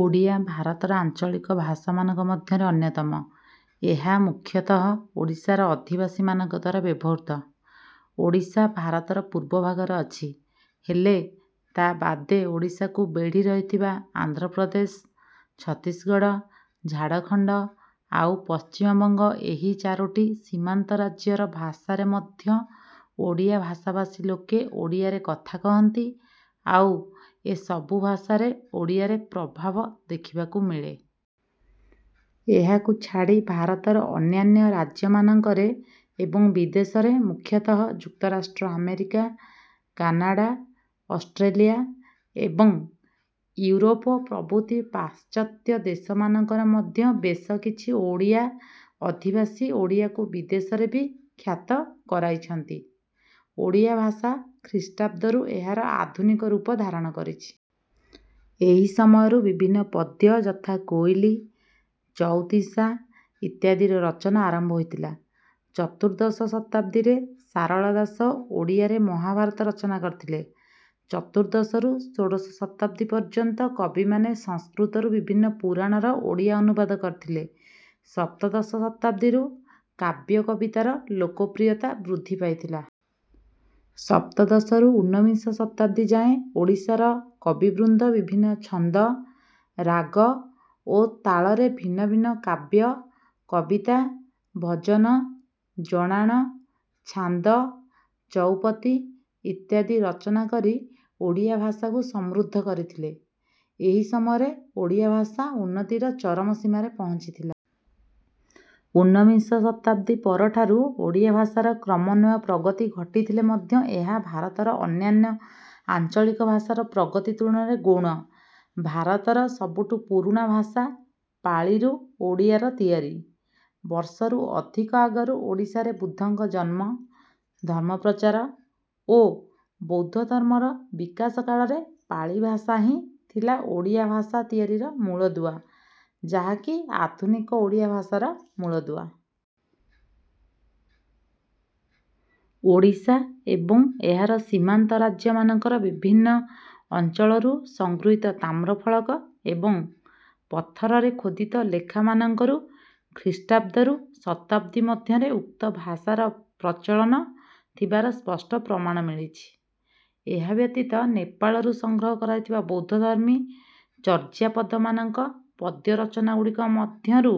ଓଡ଼ିଆ ଭାରତର ଆଞ୍ଚଳିକ ଭାଷାମାନଙ୍କ ମଧ୍ୟରେ ଅନ୍ୟତମ। ଏହା ମୁଖ୍ୟତଃ ଓଡ଼ିଶାର ଅଧିବାସୀମାନଙ୍କଦ୍ୱାରା ବ୍ୟବହୃତ। ଓଡ଼ିଶା ଭାରତର ପୂର୍ବାଭାଗରେ ଅଛି। ହେଲେ ତା ବାଦେ ଓଡ଼ିଶାକୁ ବେଢ଼ିରହିଥିବା ଆନ୍ଧ୍ର ପ୍ରଦେଶ, ଛତିଶଗଡ଼, ଝାଡ଼ଖଣ୍ଡ ଆଉ ପଶ୍ଚିମବଙ୍ଗ ଏହି ଚାରୋଟି ସୀମାନ୍ତରାଜ୍ୟର ଭାଷାରେ ମଧ୍ୟ ଓଡ଼ିଆ ଭାଷାଭାସୀ ଲୋକେ ଓଡ଼ିଆରେ କଥା କହନ୍ତି ଆଉ ଏସବୁ ଭାଷାରେ ଓଡ଼ିଆରେ ପ୍ରଭାବ ଦେଖିବାକୁ ମିଳେ। ଏହାକୁ ଛାଡ଼ି ଭାରତର ଅନ୍ୟାନ୍ୟ ରାଜ୍ୟମାନଙ୍କରେ, ଏବଂ ବିଦେଶରେ ମୁଖ୍ୟତଃ ଯୁକ୍ତରାଷ୍ଟ୍ର ଆମେରିକା, କାନାଡ଼ା, ଅଷ୍ଟ୍ରେଲିଆ ଏବଂ ଇଉରୋପ ପ୍ରଭୃତି ପାଶ୍ଚତ୍ୟ ଦେଶମାନଙ୍କରେ ମଧ୍ୟ ବେଶ କିଛି ଓଡ଼ିଆ ଅଧିବାସୀ ଓଡ଼ିଆକୁ ବିଦେଶରେ ବି ଖ୍ୟାତ କରାଇଛନ୍ତି। ଓଡ଼ିଆ ଭାଷା ଖ୍ରୀଷ୍ଟାବ୍ଦ ରୁ ଏହାର ଆଧୁନିକ ରୂପ ଧାରଣ କରିଛି। ଏହି ସମୟରୁ ବିଭିନ୍ନ ପଦ୍ୟ ଯଥା କୋଇଲି, ଚଉତିଶା ଇତ୍ୟାଦିର ରଚନା ଆରମ୍ଭ ହୋଇଥିଲା। ଚତୁର୍ଦ୍ଦଶ ଶତାବ୍ଦୀରେ ସାରଳା ଦାସ ଓଡ଼ିଆରେ ମହାଭାରତ ରଚନା କରିଥିଲେ। ଚତୁର୍ଦ୍ଦଶରୁ ଷୋଡଶ ଶତାବ୍ଦୀ ପର୍ଯ୍ୟନ୍ତ କବିମାନେ ସଂସ୍କୃତରୁ ବିଭିନ୍ନ ପୁରାଣର ଓଡ଼ିଆ ଅନୁବାଦ କରିଥିଲେ। ସପ୍ତଦଶ ଶତାବ୍ଦୀରୁ କାବ୍ୟ କବିତାର ଲୋକପ୍ରିୟତା ବୃଦ୍ଧି ପାଇଥିଲା। ସପ୍ତଦଶରୁ ଉନ୍ନବିଂଶ ଶତାବ୍ଦୀ ଯାଏଁ ଓଡ଼ିଶାର କବିବୃନ୍ଦ ବିଭିନ୍ନ ଛନ୍ଦ, ରାଗ ଓ ତାଳରେ ଭିନ୍ନ ଭିନ୍ନ କାବ୍ୟ, କବିତା, ଭଜନ, ଜଣାଣ, ଛାନ୍ଦ, ଚଉପଦୀ ଇତ୍ୟାଦି ରଚନା କରି ଓଡ଼ିଆ ଭାଷାକୁ ସମୃଦ୍ଧ କରିଥିଲେ। ଏହି ସମୟରେ ଓଡ଼ିଆ ଭାଷା ଉନ୍ନତିର ଚରମ ସୀମାରେ ପହଞ୍ଚିଥିଲା। ଉନ୍ନବିଂଶ ଶତାବ୍ଦୀ ପରଠାରୁ ଓଡ଼ିଆ ଭାଷାର କ୍ରମନ୍ୱୟ ପ୍ରଗତି ଘଟିଥିଲେ ମଧ୍ୟ ଏହା ଭାରତର ଅନ୍ୟାନ୍ୟ ଆଞ୍ଚଳିକ ଭାଷାର ପ୍ରଗତି ତୁଳନାରେ ଗୌଣ। ଭାରତର ସବୁଠୁ ପୁରୁଣା ଭାଷା ପାଳିରୁ ଓଡ଼ିଆର ତିଆରି। ବର୍ଷରୁ ଅଧିକ ଆଗରୁ ଓଡ଼ିଶାରେ ବୁଦ୍ଧଙ୍କ ଜନ୍ମ, ଧର୍ମପ୍ରଚାର ଓ ବୌଦ୍ଧ ଧର୍ମର ବିକାଶ କାଳରେ ପାଳି ଭାଷା ହିଁ ଥିଲା ଓଡ଼ିଆ ଭାଷା ତିଆରିର ମୂଳଦୁଆ ଯାହାକି ଆଧୁନିକ ଓଡ଼ିଆ ଭାଷାର ମୂଳଦୁଆ। ଓଡ଼ିଶା ଏବଂ ଏହାର ସୀମାନ୍ତ ରାଜ୍ୟମାନଙ୍କର ବିଭିନ୍ନ ଅଞ୍ଚଳରୁ ସଂଗୃହୀତ ତାମ୍ରଫଳକ ଏବଂ ପଥରରେ ଖୋଦିତ ଲେଖାମାନଙ୍କରୁ ଖ୍ରୀଷ୍ଟାବ୍ଦ ରୁ ଶତାବ୍ଦୀ ମଧ୍ୟରେ ଉକ୍ତ ଭାଷାର ପ୍ରଚଳନ ଥିବାର ସ୍ୱଷ୍ଟ ପ୍ରମାଣ ମିଳିଛି। ଏହା ବ୍ୟତୀତ ନେପାଳରୁ ସଂଗ୍ରହ କରାଯାଇଥିବା ବୌଦ୍ଧଧର୍ମୀ ଚର୍ଯାପଦମାନଙ୍କ ପଦ୍ୟରଚନାଗୁଡ଼ିକ ମଧ୍ୟରୁ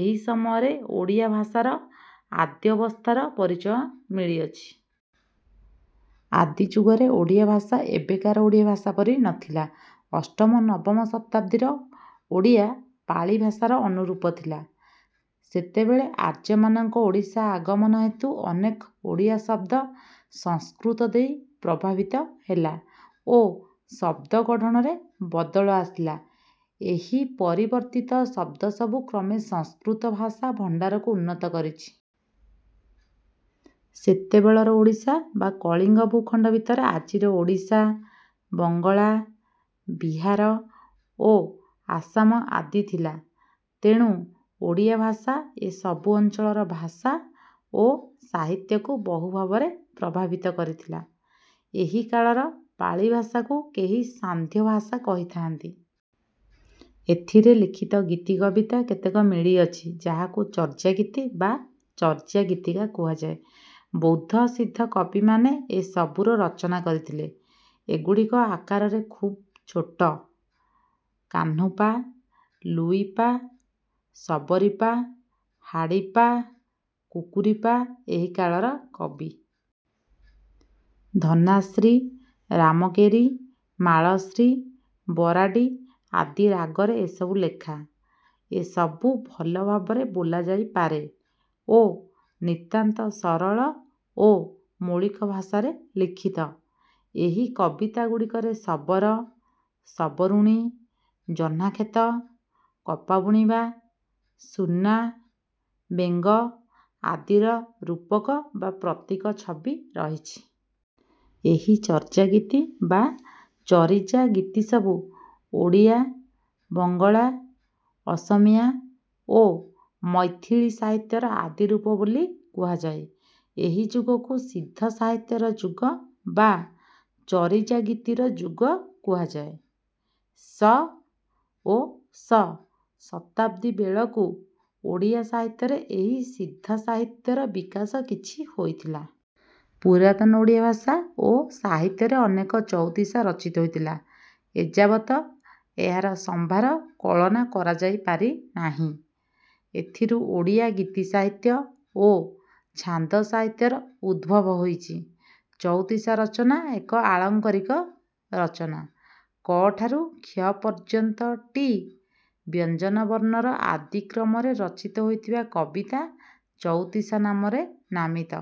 ଏହି ସମୟରେ ଓଡ଼ିଆ ଭାଷାର ଆଦ୍ୟାବସ୍ଥାର ପରିଚୟ ମିଳିଅଛି। ଆଦିଯୁଗରେ ଓଡ଼ିଆ ଭାଷା ଏବେକାର ଓଡ଼ିଆ ଭାଷା ପରି ନଥିଲା। ଅଷ୍ଟମ-ନବମ ଶତାବ୍ଦୀର ଓଡ଼ିଆ ପାଳି ଭାଷାର ଅନୁରୂପ ଥିଲା। ସେତେବେଳେ ଆର୍ଯ୍ୟମାନଙ୍କ ଓଡ଼ିଶା ଆଗମନ ହେତୁ ଅନେକ ଓଡ଼ିଆ ଶବ୍ଦ ସଂସ୍କୃତ ଦେଇ ପ୍ରଭାବିତ ହେଲା ଓ ଶବ୍ଦ ଗଢଣରେ ବଦଳ ଆସିଲା। ଏହି ପରିବର୍ତ୍ତିତ ଶବ୍ଦସବୁ କ୍ରମେ ସଂସ୍କୃତ ଭାଷା ଭଣ୍ଡାରକୁ ଉନ୍ନତ କରିଛି। ସେତେବେଳର ଓଡ଼ିଶା ବା କଳିଙ୍ଗ ଭୂଖଣ୍ଡ ଭିତରେ ଆଜିର ଓଡ଼ିଶା, ବଙ୍ଗଳା, ବିହାର ଓ ଆସାମ ଆଦି ଥିଲା, ତେଣୁ ଓଡ଼ିଆ ଭାଷା ଏସବୁ ଅଞ୍ଚଳର ଭାଷା ଓ ସାହିତ୍ୟକୁ ବହୁ ଭାବରେ ପ୍ରଭାବିତ କରିଥିଲା। ଏହି କାଳର ପାଳି ଭାଷାକୁ କେହି ସାନ୍ଧ୍ୟ ଭାଷା କହିଥାନ୍ତି। ଏଥିରେ ଲିଖିତ ଗୀତିକବିତା କେତେକ ମିଳିଅଛି ଯାହାକୁ ଚର୍ଯାଗୀତି ବା ଚର୍ଯାଗୀତିକା କୁହାଯାଏ। ବୌଦ୍ଧ ସିଦ୍ଧ କବିମାନେ ଏସବୁର ରଚନା କରିଥିଲେ। ଏଗୁଡ଼ିକ ଆକାରରେ ଖୁବ ଛୋଟ। କାହ୍ନୁ ପା, ଲୁଇ ପା, ସବରି ପା, ହାଡି ପା, କୁକୁରି ପା ଏହି କାଳର କବି। ଧନାଶ୍ରୀ, ରାମକେରି, ମାଳଶ୍ରୀ, ବରାଡ଼ି ଆଦି ରାଗରେ ଏସବୁ ଲେଖା। ଏସବୁ ଭଲ ଭାବରେ ବୋଲାଯାଇପାରେ ଓ ନିତାନ୍ତ ସରଳ ଓ ମୌଳିକ ଭାଷାରେ ଲିଖିତ। ଏହି କବିତା ଗୁଡ଼ିକରେ ଶବର, ଶବରୁଣୀ, ଜହ୍ନାକ୍ଷେତ, କପାବୁଣିବା, ସୁନା, ବେଙ୍ଗ ଆଦିର ରୂପକ ବା ପ୍ରତୀକ ଛବି ରହିଛି। ଏହି ଚର୍ଯାଗୀତି ବା ଚରିଜାଗିତିସବୁ ଓଡ଼ିଆ, ବଙ୍ଗଳା, ଅସିମିଆ ଓ ମୈଥିଳି ସାହିତ୍ୟର ଆଦିରୂପ ବୋଲି କୁହାଯାଏ। ଏହି ଯୁଗକୁ ସିଦ୍ଧସାହିତ୍ୟର ଯୁଗ ବା ଚରିଜାଗିତିର ଯୁଗ କୁହାଯାଏ। ଶ ଓ ଶ ଶତାବ୍ଦୀ ବେଳକୁ ଓଡ଼ିଆ ସାହିତ୍ୟରେ ଏହି ସିଦ୍ଧସାହିତ୍ୟର ବିକାଶ କିଛି ହୋଇଥିଲା। ପୁରାତନ ଓଡ଼ିଆ ଭାଷା ଓ ସାହିତ୍ୟରେ ଅନେକ ଚଉତିଶା ରଚିତ ହୋଇଥିଲା। ଏଯାବତ ଏହାର ସମ୍ଭାର କଳନା କରାଯାଇପାରିନାହିଁ। ଏଥିରୁ ଓଡ଼ିଆ ଗୀତିସାହିତ୍ୟ ଓ ଛାନ୍ଦ ସାହିତ୍ୟର ଉଦ୍ଭବ ହୋଇଛି। ଚଉତିଶା ରଚନା ଏକ ଆଳଙ୍କରିକ ରଚନା। କଠାରୁ କ୍ଷ ପର୍ଯ୍ୟନ୍ତ ଟି ବ୍ୟଞ୍ଜନ ବର୍ଣ୍ଣର ଆଦିକ୍ରମରେ ରଚିତ ହୋଇଥିବା କବିତା ଚଉତିଶା ନାମରେ ନାମିତ।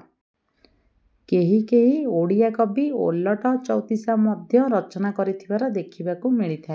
କେହି କେହି ଓଡ଼ିଆ କବି ଓଲଟ ଚଉତିଶା ମଧ୍ୟ ରଚନା କରିଥିବାର ଦେଖିବାକୁ ମିଳିଥାଏ।